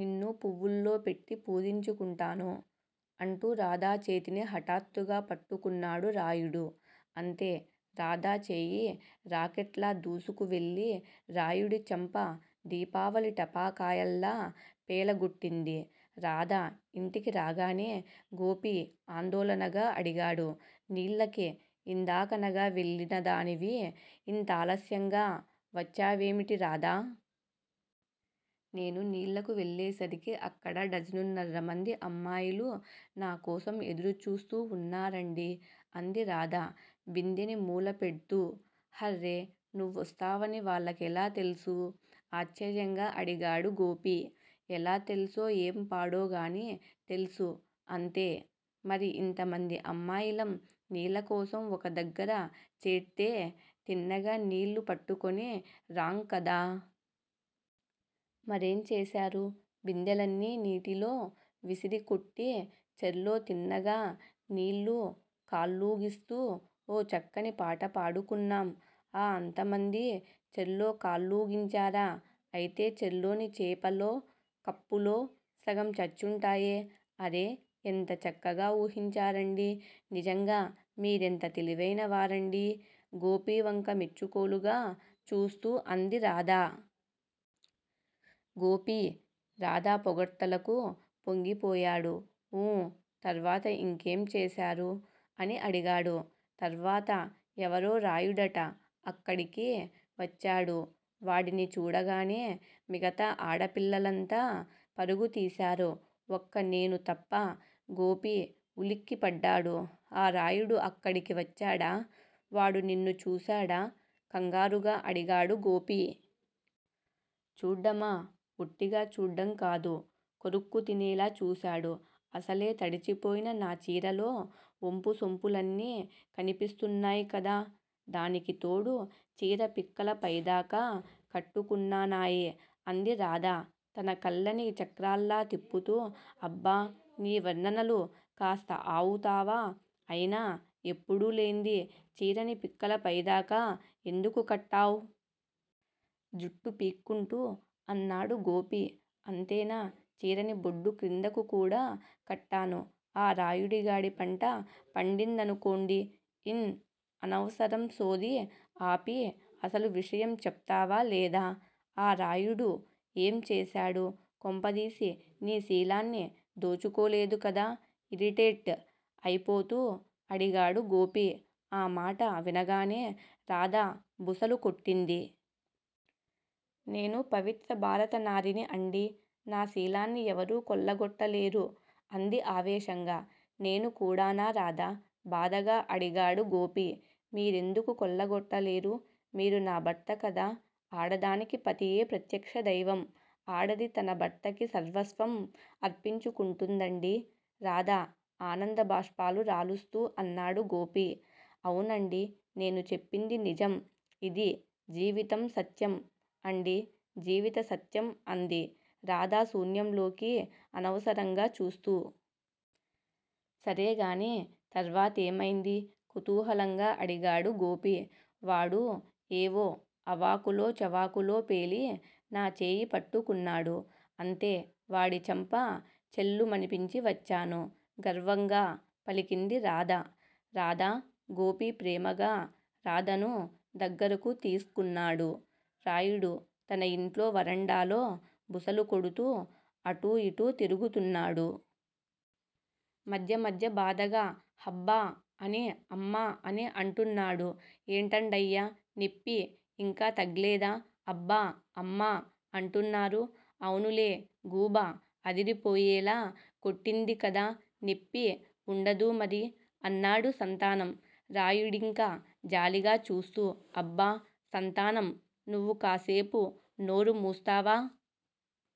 నిన్ను పువ్వుల్లో పెట్టి పూజించుకుంటాను. అంటూ రాధ చేతిని హఠాత్తుగా పట్టుకున్నాడు రాయుడు. అంతే రాధ చేయి రాకెట్ లా దూసుకువెళ్ళి రాయుడి చెంప దీపావళి టపాకాయల్లా పేలగొట్టింది. రాధ ఇంటికి రాగానే గోపి ఆందోళనగా అడిగాడు. నీళ్ళకి ఇందాకనగా వెళ్ళినదానివి ఇంతాలస్యంగా వచ్చేవేమిటి రాధా? నేను నీళ్ళకి వెళ్లేసరికి అక్కడ డజనున్నరమంది అమ్మాయిలు నా కోసం ఎదురుచూస్తు ఉన్నారండీ. అంది రాధ బిందెని మూల పెడ్తూ. హర్రే నువ్వొస్తావని వాళ్ళకెలా తెల్సూ? ఆశ్చర్యంగా అడిగాడు గోపి. ఎలా తెల్సో ఏం పాడోగానీ తెల్సు అంతే మరి ఇంతమంది అమ్మాయిలం నీళ్ళకోసం ఒక దగ్గర చేర్తే తిన్నగా నీళ్లు పట్టుకుని రాం కదా? మరేం చేశారు? బిందెలన్నీ నీటిలో విసిరికొట్టి చెర్లో తిన్నగా నీళ్లు కాళ్ళూగిస్తూ ఓ చక్కని పాట పాడుకున్నాం. ఆ! అంతమందీ చెర్లో కాళ్ళూగించారా? అయితే చెర్లోని చేపలో, కప్పులో సగం చచ్చుంటాయే అరే ఎంత చక్కగా ఊహించారండీ నిజంగా మీరెంత తెలివైనవారండీ. గోపి వంక మెచ్చుకోలుగా చూస్తూ అంది రాధ. గోపి రాధ పొగడ్తలకు పొంగిపోయాడు. ఊ తర్వాత ఇంకేం చేశారు! అని అడిగాడు. తర్వాత ఎవరో రాయుడట! అక్కడికి వచ్చాడు! వాడిని చూడగానే మిగతా ఆడపిల్లలంతా పరుగుతీశారు ఒక్క నేను తప్ప! గోపి ఉలిక్కిపడ్డాడు. ఆ రాయుడు అక్కడికి వచ్చాడా? వాడు నిన్ను చూశాడా? కంగారుగా అడిగాడు గోపి. చూడ్డమా? ఒట్టిగా చూడ్డం కాదు. కొరుక్కుతినేలా చూశాడు అసలే తడిచిపోయిన నా చీరలో ఒంపుసొంపులన్నీ కనిపిస్తున్నాయ్ కదా? దానికితోడు చీర పిక్కల పై దాకా కట్టుకున్నానాయె అంది రాధ తన కళ్ళని చక్రాల్లా తిప్పుతూ. అబ్బా! నీ వర్ణనలు కాస్త అవుతావా? అయినా ఎప్పుడూలేంది చేరని పిక్కలపైదాకా ఎందుకు కట్టావ్? జుట్టు పీక్కుంటూ అన్నాడు గోపి. అంతేనా? చీరని బొడ్డుక్రిందకు కూడా కట్టాను ఆ రాయుడిగాడి పంట పండిందనుకోండి ఇం అనవసరం సోది ఆపి అసలు విషయంచెప్తావా లేదా? ఆ రాయుడు ఏంచేశాడు? కొంపదీసి నీ శీలాన్ని దోచుకోలేదు కదా? ఇరిటేట్ అయిపోతూ అడిగాడుగోపి. ఆ మాట వినగానే రాధ బుసలుకొట్టింది. నేను పవిత్ర భారతనారిని అండీ నా శీలాన్ని ఎవరూ కొల్లగొట్టలేరు అంది ఆవేశంగా. నేను కూడానా రాధా? బాధగా అడిగాడు గోపి. మీరెందుకు కొల్లగొట్టలేరూ? మీరు నా భర్తకదా? ఆడదానికి పతియే ప్రత్యక్షదైవం ఆడది తన భర్తకి సర్వస్వం అర్పించుకుంటుందండీ రాధా ఆనందబాష్పాలు రాలుస్తూ అన్నాడు గోపి అవునండీ నేను చెప్పింది నిజం ఇది జీవితం సత్యం అండీ జీవిత సత్యం అంది రాధ శూన్యంలోకి అనవసరంగా చూస్తూ. సరేగానీ తర్వాతేమైందీ? కుతూహలంగా అడిగాడు గోపి. వాడు ఏవో అవాకులో చవాకులో పేలి నా చేయి పట్టుకున్నాడు అంతే వాడి చెంప ఛెళ్ళుమనిపించివచ్చాను గర్వంగా పలికింది రాధ. రాధా గోపీ ప్రేమగా రాధను దగ్గరకు తీస్కున్నాడు. రాయుడు తనఇంట్లో వరండాలో బుసలు కొడుతూ అటూ ఇటూ తిరుగుతున్నాడు. మధ్య మధ్య బాధగా హబ్బా అనీ అమ్మా అని అంటున్నాడు. ఏంటండయ్యా నెప్పి ఇంకా తగ్లేదా అబ్బా, అమ్మా అంటున్నారు! అవునులే గూబ అదిరిపోయేలా కొట్టిందికదా నెప్పి ఉండదూ మరి? అన్నాడు సంతానం రాయుడింక జాలిగా చూస్తూ. అబ్బా సంతానం నువ్వు కాస్సేపు నోరు మూస్తావా?